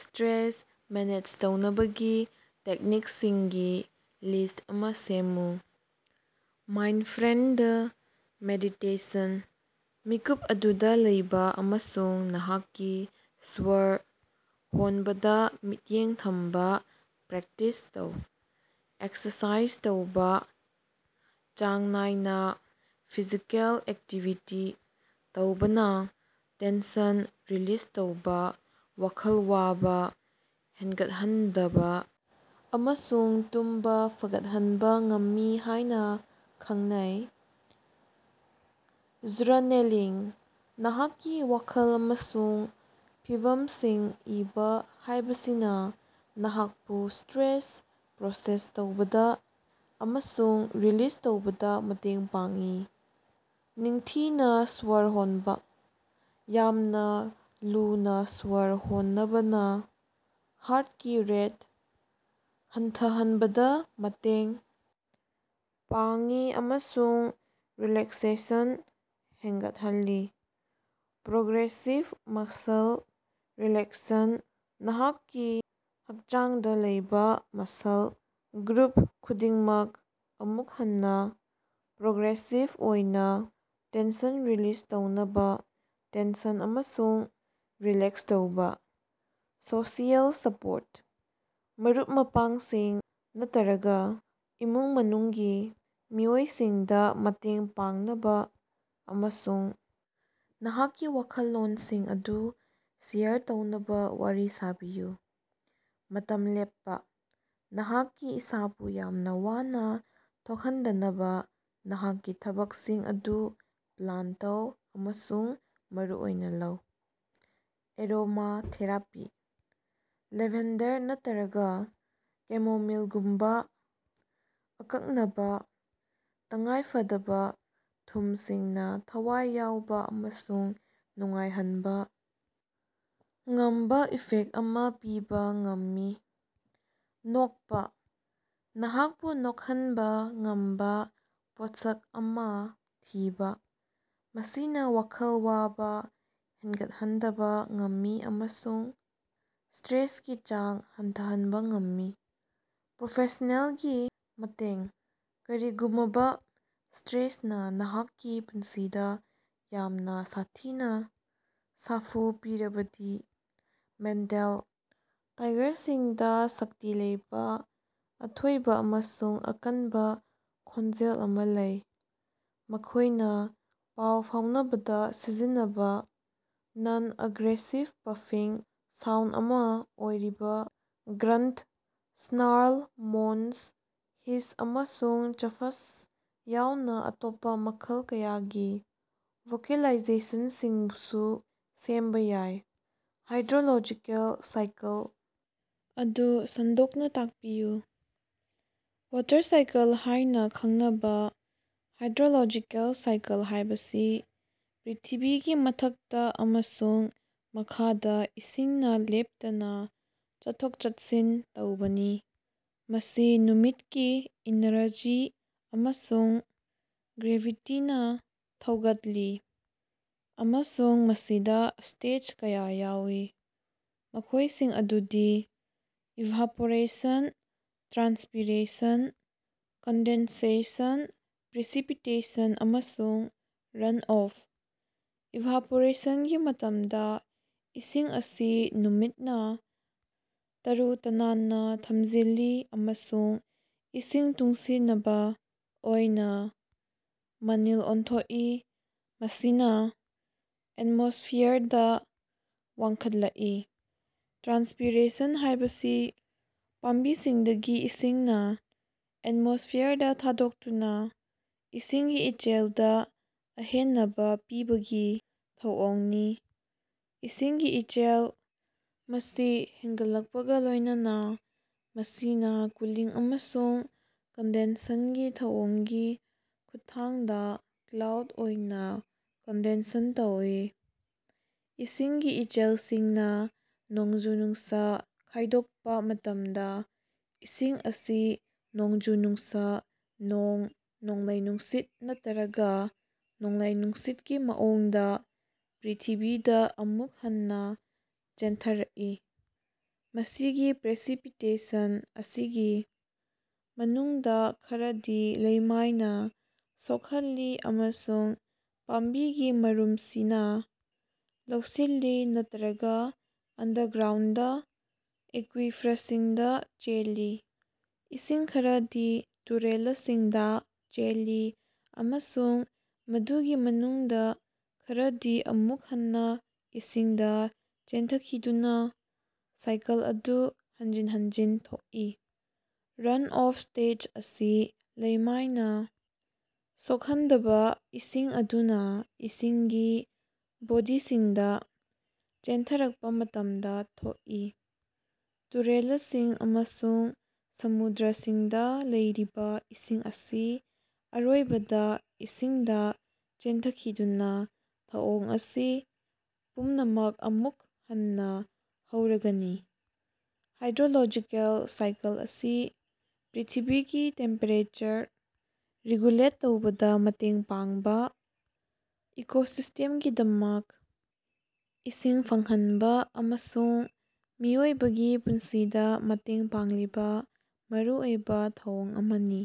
Stress manage ꯇꯧꯅꯕꯒꯤ ꯇꯦꯛꯅꯤꯛꯁꯤꯡꯒꯤ list ꯑꯃ ꯁꯦꯝꯃꯨ꯫ ꯃꯥꯏꯟꯗꯐ꯭ꯔꯦꯟꯗ ꯃꯦꯗꯤꯇꯦꯁꯟ: ꯃꯤꯀꯨꯞ ꯑꯗꯨꯗ ꯂꯩꯕ ꯑꯃꯁꯨꯡ ꯅꯍꯥꯛꯀꯤ ꯁ꯭ꯋꯔ ꯍꯣꯟꯕꯗ ꯃꯤꯠꯌꯦꯡ ꯊꯝꯕ ꯄ꯭ꯔꯦꯛꯇꯤꯁ ꯇꯧ꯫ ꯑꯦꯛꯁꯔꯁꯥꯏꯖ ꯇꯧꯕꯥ: ꯆꯥꯡ ꯅꯥꯏꯅ ꯐꯤꯖꯤꯀꯦꯜ ꯑꯦꯛꯇꯤꯚꯤꯇꯤ ꯇꯧꯕꯅ ꯇꯦꯟꯁꯟ ꯔꯤꯂꯤꯖ ꯇꯧꯕ, ꯋꯥꯈꯜ ꯋꯥꯕ ꯍꯦꯡꯒꯠꯍꯟꯗꯕ ꯑꯃꯁꯨꯡ ꯇꯨꯝꯕ ꯐꯒꯠꯍꯟꯕ ꯉꯝꯃꯤ ꯍꯥꯏꯅ ꯈꯪꯅꯩ꯫ ꯖ꯭ꯔꯅꯦꯂꯤꯡ: ꯅꯍꯥꯛꯀꯤ ꯋꯥꯈꯜ ꯑꯃꯁꯨꯡ ꯐꯤꯚꯝꯁꯤꯡ ꯏꯕ ꯍꯥꯏꯕꯁꯤꯅ ꯅꯍꯥꯛꯄꯨ ꯁ꯭ꯇꯔꯦꯁ ꯄ꯭ꯔꯣꯁꯦꯁ ꯇꯧꯕꯗ ꯑꯃꯁꯨꯡ ꯔꯤꯂꯤꯖ ꯇꯧꯕꯗ ꯃꯇꯦꯡ ꯄꯥꯡꯏ꯫ ꯅꯤꯡꯊꯤꯅ ꯁ꯭ꯋꯔ ꯍꯣꯟꯕ: ꯌꯥꯝꯅ ꯂꯨꯅ ꯁ꯭ꯋꯔ ꯍꯣꯅꯕꯅ ꯍꯥꯔꯠꯀꯤ ꯔꯦꯠ ꯍꯟꯊꯍꯟꯕꯗ ꯃꯇꯦꯡ ꯄꯥꯡꯏ ꯑꯃꯁꯨꯡ ꯔꯤꯂꯦꯛꯁꯦꯁꯟ ꯍꯦꯡꯒꯠꯍꯜꯂꯤ꯫ ꯄ꯭ꯔꯣꯒ꯭ꯔꯦꯁꯤꯚ ꯃꯁꯜ ꯔꯤꯂꯦꯛꯁꯟ: ꯅꯍꯥꯛꯀꯤ ꯍꯛꯆꯥꯡꯗ ꯂꯩꯕ ꯃꯁꯜ ꯒ꯭ꯔꯨꯞ ꯈꯨꯗꯤꯡꯃꯛ, ꯑꯃꯨꯛ ꯍꯟꯅ, ꯄ꯭ꯔꯣꯒ꯭ꯔꯦꯁꯤꯚ ꯑꯣꯏꯅ ꯇꯦꯟꯁꯟ ꯔꯤꯂꯤꯖ ꯇꯧꯅꯕ, ꯇꯦꯟꯁꯟ ꯑꯃꯁꯨꯡ ꯔꯤꯂꯦꯛꯁ ꯇꯧꯕ꯫ ꯁꯣꯁꯤꯑꯦꯜ ꯁꯄꯣꯔꯠ: ꯃꯔꯨꯞ-ꯃꯄꯥꯡꯁꯤꯡ ꯅꯠꯇꯔꯒ ꯏꯃꯨꯡ-ꯃꯅꯨꯡꯒꯤ ꯃꯤꯑꯣꯏꯁꯤꯡꯗ ꯃꯇꯦꯡ ꯄꯥꯡꯅꯕ ꯑꯃꯁꯨꯡ ꯅꯍꯥꯛꯀꯤ ꯋꯥꯈꯜꯂꯣꯟꯁꯤꯡ ꯑꯗꯨ ꯁꯦꯌꯔ ꯇꯧꯅꯕ ꯋꯥꯔꯤ ꯁꯥꯕꯤꯌꯨ꯫ ꯃꯇꯝ ꯂꯦꯞꯄ: ꯅꯍꯥꯛꯀꯤ ꯏꯁꯥꯕꯨ ꯌꯥꯝꯅ ꯋꯥꯅ ꯊꯣꯛꯍꯟꯗꯅꯕ ꯅꯍꯥꯛꯀꯤ ꯊꯕꯛꯁꯤꯡ ꯑꯗꯨ ꯄ꯭ꯂꯥꯟ ꯇꯧ ꯑꯃꯁꯨꯡ ꯃꯔꯨꯑꯣꯏꯅ ꯂꯧ꯫ ꯑꯦꯔꯣꯃꯥꯊꯦꯔꯥꯄꯤ: ꯂꯦꯚꯦꯟꯗꯔ ꯅꯠꯇꯔꯒ ꯀꯦꯃꯣꯃꯤꯜꯒꯨꯝꯕꯥ ꯑꯀꯛꯅꯕ ꯇꯉꯥꯏꯐꯗꯕ ꯊꯨꯝꯁꯤꯡꯅ ꯊꯋꯥꯏ ꯌꯥꯎꯕ ꯑꯃꯁꯨꯡ ꯅꯨꯡꯉꯥꯏꯍꯟꯕ ꯉꯝꯕ ꯏꯐꯦꯛ ꯑꯃ ꯄꯤꯕ ꯉꯝꯃꯤ꯫ ꯅꯣꯛꯄ: ꯅꯍꯥꯛꯄꯨ ꯅꯣꯛꯍꯟꯕ ꯉꯝꯕ ꯄꯣꯠꯁꯛ ꯑꯃꯥ ꯊꯤꯕ; ꯃꯁꯤꯅ ꯋꯥꯈꯜ ꯋꯥꯕ ꯍꯦꯟꯒꯠꯍꯟꯗꯕ ꯉꯝꯃꯤ ꯑꯃꯁꯨꯡ ꯁ꯭ꯇꯔꯦꯁꯀꯤ ꯆꯥꯡ ꯍꯟꯊꯍꯟꯕ ꯉꯝꯃꯤ꯫ ꯄ꯭ꯔꯣꯐꯦꯁꯅꯦꯜꯒꯤ ꯃꯇꯦꯡ: ꯀꯔꯤꯒꯨꯃꯕ ꯁ꯭ꯇꯔꯦꯁꯅ ꯅꯍꯥꯛꯀꯤ ꯄꯨꯟꯁꯤꯗ ꯌꯥꯝꯅ ꯁꯥꯊꯤꯅ ꯁꯥꯐꯨ ꯄꯤꯔꯕꯗꯤ, ꯃꯦꯟꯇꯦꯜ ꯇꯥꯏꯒꯔꯁꯤꯡꯗ ꯁꯛꯇꯤ ꯂꯩꯕ, ꯑꯊꯣꯏꯕ ꯑꯃꯁꯨꯡ ꯑꯀꯟꯕ ꯈꯣꯟꯖꯦꯜ ꯑꯃ ꯂꯩ꯫ ꯃꯈꯣꯏꯅ ꯄꯥꯎ ꯐꯥꯎꯅꯕꯗ ꯁꯤꯖꯤꯟꯅꯕ ꯅꯟ-ꯑꯦꯒ꯭ꯔꯦꯁꯤꯚ ꯄꯐꯤꯡ ꯁꯥꯎꯟꯗ ꯑꯃ ꯑꯣꯏꯔꯤꯕ ꯒ꯭ꯔꯟꯠ, ꯁ꯭ꯅꯥꯔꯜ, ꯃꯣꯟꯁ, ꯍꯤꯁ, ꯑꯃꯁꯨꯡ ꯆ꯭ꯐꯁ ꯌꯥꯎꯅ ꯑꯇꯣꯞꯄ ꯃꯈꯜ ꯀꯌꯥꯒꯤ ꯚꯣꯀꯦꯂꯥꯏꯖꯦꯁꯟꯁꯤꯡꯁꯨ ꯁꯦꯝꯕ ꯌꯥꯏ꯫ ꯍꯥꯏꯗ꯭ꯔꯣꯂꯣꯖꯤꯀꯦꯜ ꯁꯥꯏꯀꯜ ꯑꯗꯨ ꯁꯟꯗꯣꯛꯅ ꯇꯥꯛꯄꯤꯌꯨ꯫ ꯋꯥꯇꯔ ꯁꯥꯏꯀꯜ ꯍꯥꯏꯅ ꯈꯪꯅꯕ ꯍꯥꯏꯗ꯭ꯔꯣꯂꯣꯖꯤꯀꯦꯜ ꯁꯥꯏꯀꯜ ꯍꯥꯏꯕꯁꯤ ꯄ꯭ꯔꯤꯊꯤꯕꯤꯒꯤ ꯃꯊꯛꯇ ꯑꯃꯁꯨꯡ ꯃꯈꯥꯗ ꯏꯁꯤꯡꯅ ꯂꯦꯞꯇꯅ ꯆꯠꯊꯣꯛ-ꯆꯠꯁꯤꯟ ꯇꯧꯕꯅꯤ꯫ ꯃꯁꯤ ꯅꯨꯃꯤꯠꯀꯤ ꯏꯅ꯭ꯔꯖꯤ ꯑꯃꯁꯨꯡ ꯒ꯭ꯔꯦꯚꯤꯇꯤꯅ ꯊꯧꯒꯠꯂꯤ, ꯑꯃꯁꯨꯡ ꯃꯁꯤꯗ ꯁ꯭ꯇꯦꯖ ꯀꯌꯥ ꯌꯥꯎꯏ, ꯃꯈꯣꯏꯁꯤꯡ ꯑꯗꯨꯗꯤ: ꯏꯚꯥꯄꯣꯔꯦꯁꯟ, ꯇ꯭ꯔꯥꯟꯁꯄꯤꯔꯦꯁꯟ, ꯀꯟꯗꯦꯟꯁꯦꯁꯟ, ꯄ꯭ꯔꯦꯁꯤꯄꯤꯇꯦꯁꯟ, ꯑꯃꯁꯨꯡ ꯔꯟꯑꯣꯐ꯫ ꯏꯚꯥꯄꯣꯔꯦꯁꯟꯒꯤ ꯃꯇꯝꯗ ꯏꯁꯤꯡ ꯑꯁꯤ ꯅꯨꯃꯤꯠꯅ ꯇꯔꯨ-ꯇꯅꯥꯟꯅ ꯊꯝꯖꯤꯜꯂꯤ ꯑꯃꯁꯨꯡ ꯏꯁꯤꯡ ꯇꯨꯡꯁꯤꯅꯕ ꯑꯣꯏꯅ ꯃꯅꯤꯜ ꯑꯣꯟꯊꯣꯛꯏ, ꯃꯁꯤꯅꯥ ꯑꯦꯠꯃꯣꯁ꯭ꯐꯤꯌꯔꯗ ꯋꯥꯡꯈꯠꯂꯛꯏ꯫ ꯇ꯭ꯔꯥꯟꯁꯄꯤꯔꯦꯁꯟ ꯍꯥꯏꯕꯁꯤ ꯄꯥꯝꯕꯤꯁꯤꯡꯗꯒꯤ ꯏꯁꯤꯡꯅ ꯑꯦꯠꯃꯣꯁ꯭ꯐꯤꯌꯔꯗ ꯊꯥꯗꯣꯛꯇꯨꯅ ꯏꯁꯤꯡꯒꯤ ꯏꯆꯦꯜꯗ ꯑꯍꯦꯅꯕ ꯄꯤꯕꯒꯤ ꯊꯧꯑꯣꯡꯅꯤ꯫ ꯏꯁꯤꯡꯒꯤ ꯏꯆꯦꯜ ꯃꯁꯤ ꯍꯦꯡꯒꯠꯂꯛꯄꯒ ꯂꯣꯏꯅꯅ, ꯃꯁꯤꯅ ꯀꯨꯂꯤꯡ ꯑꯃꯁꯨꯡ ꯀꯟꯗꯦꯟꯁꯟꯒꯤ ꯊꯧꯑꯣꯡꯒꯤ ꯈꯨꯠꯊꯥꯡꯗꯥ ꯀ꯭ꯂꯥꯎꯗ ꯑꯣꯏꯅ ꯀꯟꯗꯦꯟꯁꯟ ꯇꯧꯏ꯫ ꯏꯁꯤꯡꯒꯤ ꯏꯆꯦꯜꯁꯤꯡꯅ ꯅꯣꯡꯖꯨ-ꯅꯨꯡꯁ ꯈꯥꯏꯗꯣꯛꯄ ꯃꯇꯝꯗ, ꯏꯁꯤꯡ ꯑꯁꯤ ꯅꯣꯡꯖꯨ-ꯅꯨꯡꯁ, ꯅꯣꯡ, ꯅꯣꯡꯂꯩ-ꯅꯨꯡꯁꯤꯠ ꯅꯠꯇꯔꯒ ꯅꯣꯡꯂꯩ-ꯅꯨꯡꯁꯤꯠꯀꯤ ꯃꯑꯣꯡꯗ ꯄ꯭ꯔ꯭ꯤꯊꯤꯕꯤꯗ ꯑꯃꯨꯛ ꯍꯟꯅ ꯆꯦꯟꯊꯔꯛꯏ꯫ ꯃꯁꯤꯒꯤ ꯄ꯭ꯔꯦꯁꯤꯄꯤꯇꯦꯁꯟ ꯑꯁꯤꯒꯤ ꯃꯅꯨꯡꯗ ꯈꯔꯗꯤ ꯂꯩꯃꯥꯏꯅ ꯁꯣꯛꯍꯜꯂꯤ ꯑꯃꯁꯨꯡ ꯄꯥꯝꯕꯤꯒꯤ ꯃꯔꯨꯝꯁꯤꯅꯥ ꯂꯧꯁꯤꯜꯂꯤ ꯅꯠꯇꯔꯒ ꯑꯟꯗꯔꯒ꯭ꯔꯥꯎꯟꯗ ꯑꯦꯀ꯭ꯋꯤꯐ꯭ꯔꯁꯤꯡꯗ ꯆꯦꯜꯂꯤ꯫ ꯏꯁꯤꯡ ꯈꯔꯗꯤ ꯇꯨꯔꯦꯂꯁꯤꯡꯗꯥ ꯆꯦꯜꯂꯤ, ꯑꯃꯁꯨꯡ ꯃꯗꯨꯒꯤ ꯃꯅꯨꯡꯗ ꯈꯔꯗꯤ ꯑꯃꯨꯛ ꯍꯟꯅ ꯏꯁꯤꯡꯗ ꯆꯦꯟꯊꯈꯤꯗꯨꯅ ꯁꯥꯏꯀꯜ ꯑꯗꯨ ꯍꯟꯖꯤꯟ ꯍꯟꯖꯤꯟ ꯊꯣꯛꯏ꯫ ꯔꯟꯑꯣꯐ ꯁ꯭ꯇꯦꯖ ꯑꯁꯤ ꯂꯩꯃꯥꯏꯅ ꯁꯣꯛꯍꯟꯗꯕ ꯏꯁꯤꯡ ꯑꯗꯨꯅ ꯏꯁꯤꯡꯒꯤ ꯕꯣꯗꯤꯁꯤꯡꯗ ꯆꯦꯟꯊꯔꯛꯄ ꯃꯇꯝꯗ ꯊꯣꯛꯏ꯫ ꯇꯨꯔꯦꯂꯁꯤꯡ ꯑꯃꯁꯨꯡ ꯁꯃꯨꯗ꯭ꯔꯁꯤꯡꯗ ꯂꯩꯔꯤꯕ ꯏꯁꯤꯡ ꯑꯁꯤ ꯑꯔꯣꯏꯕꯗ ꯏꯁꯤꯡꯗ ꯆꯦꯟꯊꯈꯤꯗꯨꯅ ꯊꯧꯑꯣꯡ ꯑꯁꯤ ꯄꯨꯝꯅꯃꯛ ꯑꯃꯨꯛ ꯍꯟꯅ ꯍꯧꯔꯒꯅꯤ꯫ ꯍꯥꯏꯗ꯭ꯔꯣꯂꯣꯖꯤꯀꯦꯜ ꯁꯥꯏꯀꯜ ꯑꯁꯤ ꯄ꯭ꯔꯤꯊꯤꯕꯤꯒꯤ ꯇꯦꯝꯄꯦꯔꯦꯆꯔ ꯔꯤꯒꯨꯂꯦꯠ ꯇꯧꯕꯗ ꯃꯇꯦꯡ ꯄꯥꯡꯕ, ꯏꯀꯣꯁꯤꯁ꯭ꯇꯦꯝꯒꯤꯗꯃꯛ ꯏꯁꯤꯡ ꯐꯪꯍꯟꯕ ꯑꯃꯁꯨꯡ ꯃꯤꯑꯣꯏꯕꯒꯤ ꯄꯨꯟꯁꯤꯗ ꯃꯇꯦꯡ ꯄꯥꯡꯂꯤꯕ ꯃꯔꯨꯑꯣꯏꯕ ꯊꯧꯑꯣꯡ ꯑꯃꯅꯤ꯫